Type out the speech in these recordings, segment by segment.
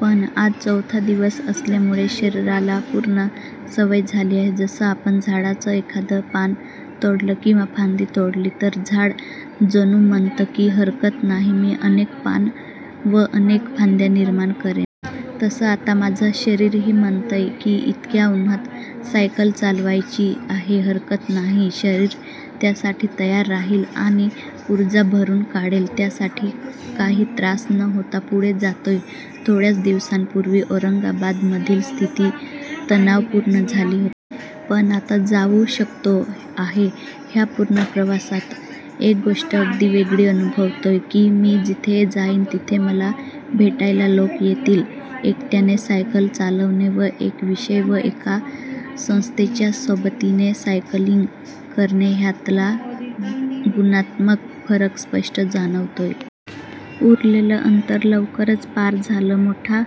पण आज चौथा दिवस असल्यामुळे शरीराला पूर्ण सवय झाली आहे. जसं आपण झाडाचं एखादं पान तोडलं किंवा फांदी तोडली तर झाड जणू म्हणतं की, हरकत नाही, मी अनेक पानं व अनेक फांद्या निर्माण करेन. तसं आता माझं शरीरही म्हणतंय की, इतक्या उन्हात सायकल चालवायची आहे, हरकत नाही. शरीर त्यासाठी तयार राहील आणि ऊर्जा भरून काढेल. त्यामुळे काही त्रास न होता पुढे जातोय. थोड्याच दिवसांपूर्वी औरंगाबादमधली स्थिती तणावपूर्ण झाली होती. पण आता जाऊ शकतो आहे. ह्या पूर्ण प्रवासात एक गोष्ट अगदी वेगळी अनुभवतोय की, मी जिथे जाईन, तिथे मला भेटायला लोक येतील. एकट्याने सायकल चालवणे व एक विषय व एका संस्थेच्या सोबतीने सायकलिंग करणे ह्यातला गुणात्मक फरक स्पष्ट जाणवतोय. उरलेलं अंतर लवकरच पार झालं. मोठा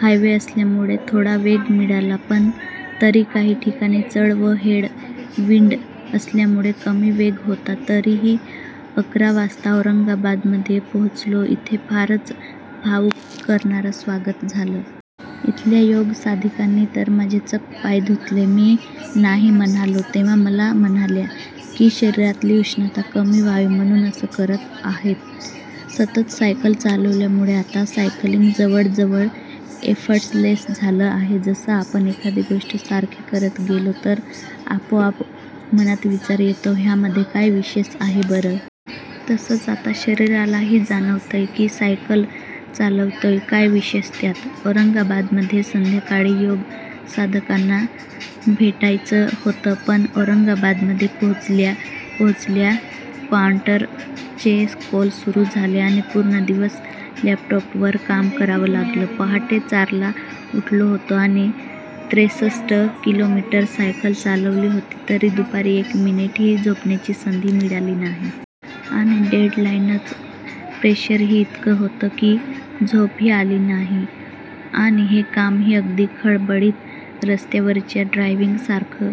हायवे असल्यामुळे थोडा वेग मिळाला. पण तरी काही ठिकाणी चढ व हेड विंड असल्यामुळे कमी वेग होता. तरीही अकरा वाजता औरंगाबादमध्ये पोहोचलो. इथे फारच भावुक करणारं स्वागत झालं. इथल्या योग साधिकांनी तर माझे चक्क पाय धुतले. मी नाही म्हणालो, तेव्हा मला म्हणाल्या की, शरीरातली उष्णता कमी व्हावी म्हणून असं करत आहेत. सतत सायकल चालवल्यामुळे आता सायकलिंग जवळजवळ एफर्टलेस झालं आहे. जसं आपण एखादी गोष्ट सारखी करत गेलो तर आपोआप मनात विचार येतो, ह्यामध्ये काय विशेष आहे बरं? तसंच आता शरीरालाही जाणवतंय की, सायकल चालवतोय, काय विशेष त्यात? औरंगाबादमध्ये संध्याकाळी योग साधकांना भेटायचं होतं. पण औरंगाबादमध्ये पोहोचल्या पोहोचल्या क्लाएंटसचे कॉल सुरू झाले आणि पूर्ण दिवस लॅपटॉपवर काम करावं लागलं. पहाटे चारला उठलो होतो आणि त्रेसष्ट किलोमीटर सायकल चालवली होती, तरी दुपारी एक मिनिटही झोपण्याची संधी मिळाली नाही. आणि डेडलाईनचं प्रेशरही इतकं होतं की, झोपही आली नाही. आणि हे कामही अगदी खडबडीत रस्त्यावरच्या ड्रायव्हिंगसारखं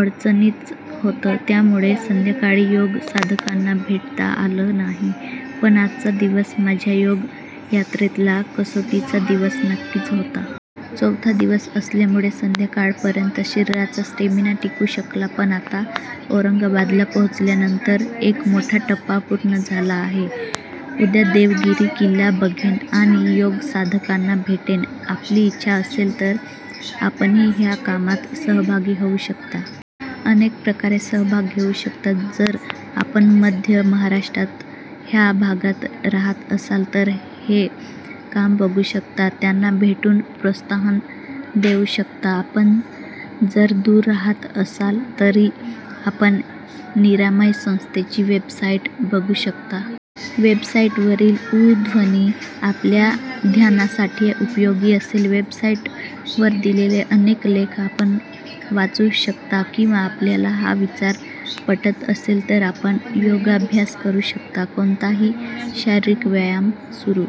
अडचणीचं होतं. त्यामुळे संध्याकाळी योग साधकांना भेटता आलं नाही. पण आजचा दिवस माझ्या योग यात्रेतला कसोटीचा दिवस नक्कीच होता. चौथा दिवस असल्यामुळे संध्याकाळपर्यंत शरीराचा स्टॅमिना टिकू शकला. पण आता औरंगाबादला पोहोचल्यानंतर एक मोठा टप्पा पूर्ण झाला आहे. उद्या देवगिरी किल्ला बघेन आणि योग साधकांना भेटेन. आपली इच्छा असेल तर आपणही ह्या कामात सहभागी होऊ शकता. अनेक प्रकारे सहभाग घेऊ शकता. जर आपण मध्य महाराष्ट्रात ह्या भागात राहात असाल तर हे काम बघू शकता. त्यांना भेटून प्रोत्साहन देऊ शकता. आपण जर दूर राहात असाल, तरी आपण निरामय संस्थेची वेबसाईट बघू शकता. वेबसाईटवरील ॐ ध्वनी आपल्या ध्यानासाठी उपयोगी असेल. वेबसाईटवर दिलेले अनेक लेख आपण वाचू शकता. किंवा आपल्याला हा विचार पटत असेल तर आपण योगाभ्यास करू शकता. कोणताही शारीरिक व्यायाम सुरू.